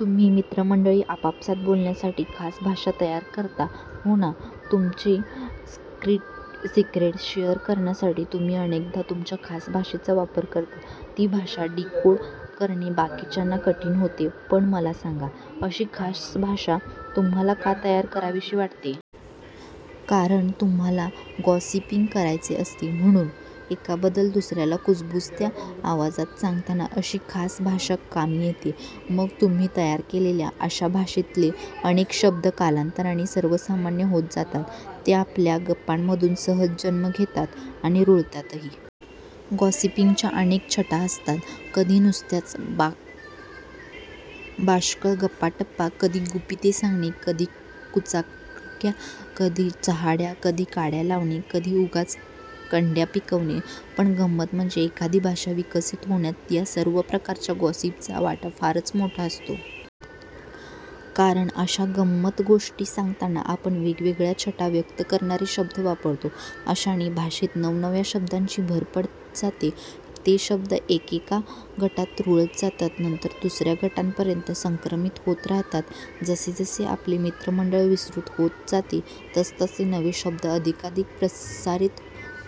तुम्ही मित्रमंडळी आपापसात बोलण्यासाठी खास भाषा तयार करता. हो ना? तुमची सिक्रेटस् शेअर करण्यासाठी तुम्ही अनेकदा तुमच्या खास भाषेचा वापर करता. ती भाषा डीकोड करणे बाकीच्यांना कठीण होते. पण मला सांगा, अशी खास भाषा तुम्हांला का तयार करावीशी वाटते? कारण, तुम्हांला गॉसिपिंग करायचे असते, म्हणून! एकाबद्दल दुसऱ्याला कुजबुजत्या आवाजात सांगताना अशी खास भाषा कामी येते. मग तुम्ही तयार केलेल्या अशा भाषेतले अनेक शब्द कालांतराने सर्वमान्य होत जातात. ते आपल्या गप्पांमधून सहज जन्म घेतात आणि रुळतातही. गॉसिपिंगच्या अनेक छटा असतात. कधी नुसत्याच बाष्कळ गप्पाटप्पा, कधी गुपिते सांगणे, कधी कुचाळक्या, कधी चहाड्या, कधी काड्या लावणे, कधी उगाच कंड्या पिकवणे... पण गंमत म्हणजे एखादी भाषा विकसित होण्यात या सर्व प्रकारच्या गॉसिपचा वाटा फारच मोठा असतो. कारण अशा गम्मतगोष्टी सांगताना आपण वेगवेगळ्या छटा व्यक्त करणारे शब्द वापरतो. अशाने भाषेत नवनव्या शब्दांची भर पडत जाते. ते शब्द एकेका गटात रुळत जातात; नंतर दुसऱ्या गटांपर्यंत संक्रमित होत राहतात. जसजसे आपले मित्रमंडळ विस्तृत होत जाते, तसतसे नवे शब्द अधिकाधिक प्रसारित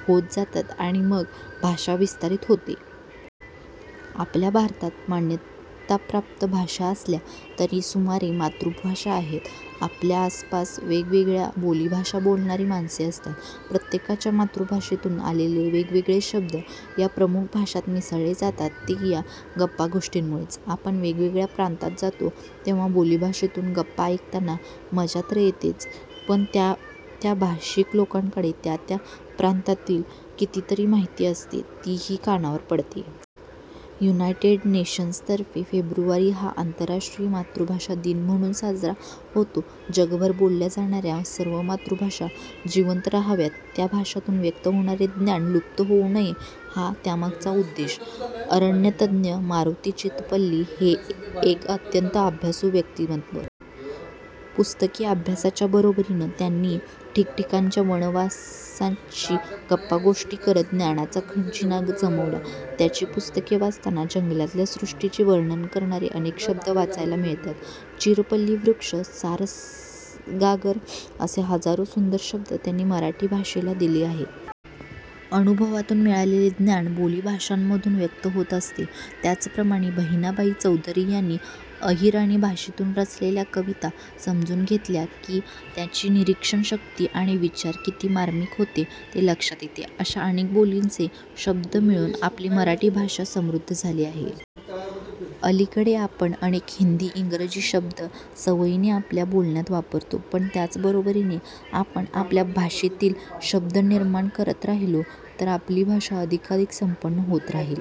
होत जातात आणि मग भाषा विस्तारित होते. आपल्या भारतात मान्यताप्राप्त भाषा असल्या, तरी सुमारे मातृभाषा आहेत. आपल्या आसपास वेगवेगळ्या बोलीभाषा बोलणारी माणसे असतात. प्रत्येकाच्या मातृभाषेतून आलेले वेगवेगळे शब्द या प्रमुख भाषांत मिसळले जातात, ते या गप्पागोष्टींमुळेच. आपण वेगवेगळ्या प्रांतात जातो तेव्हा बोलीभाषेतून गप्पा ऐकताना मजा तर येतेच, पण त्या त्या भाषिक लोकांकडे त्या त्या प्रांतातली कितीतरी माहिती असते, तीही कानावर पडते. 'युनायटेड नेशन्स'तर्फे फेब्रुवारी हा आंतरराष्ट्रीय मातृभाषा दिन म्हणून साजरा होतो. जगभर बोलल्या जाणाऱ्या सर्व मातृभाषा जिवंत राहाव्यात, त्या भाषांतून व्यक्त होणारे ज्ञान लुप्त होऊ नये, हा त्यामागचा उद्देश. अरण्यतज्ज्ञ मारुती चितमपल्ली हे एक अत्यंत अभ्यासू व्यक्तिमत्त्व. पुस्तकी अभ्यासाच्या बरोबरीने त्यांनी ठिकठिकाणच्या वनवासींशी गप्पागोष्टी करत ज्ञानाचा खजिना जमवला. त्यांची पुस्तके वाचताना जंगलातल्या सृष्टीचे वर्णन करणारे अनेक शब्द वाचायला मिळतात. चिरपल्लवी वृक्ष, सारंगागर असे हजारो सुंदर शब्द त्यांनी मराठी भाषेला दिले आहेत. अनुभवातून मिळवलेले ज्ञान बोलीभाषांमधून व्यक्त होत असते. त्याचप्रमाणे बहिणाबाई चौधरी यांनी अहिराणी भाषेतून रचलेल्या कविता समजून घेतल्या की, त्यांची निरीक्षणशक्ती आणि विचार किती मार्मिक होते, ते लक्षात येते. अशा अनेक बोलींचे शब्द मिळून आपली मराठी भाषा समृद्ध झालेली आहे. अलीकडे आपण अनेक हिंदी, इंग्रजी शब्द सवयीने आपल्या बोलण्यात वापरतो. पण त्याच बरोबरीने आपण आपल्या भाषेतले शब्द निर्माण करत राहिलो तर आपली भाषा अधिकाधिक संपन्न होत राहील.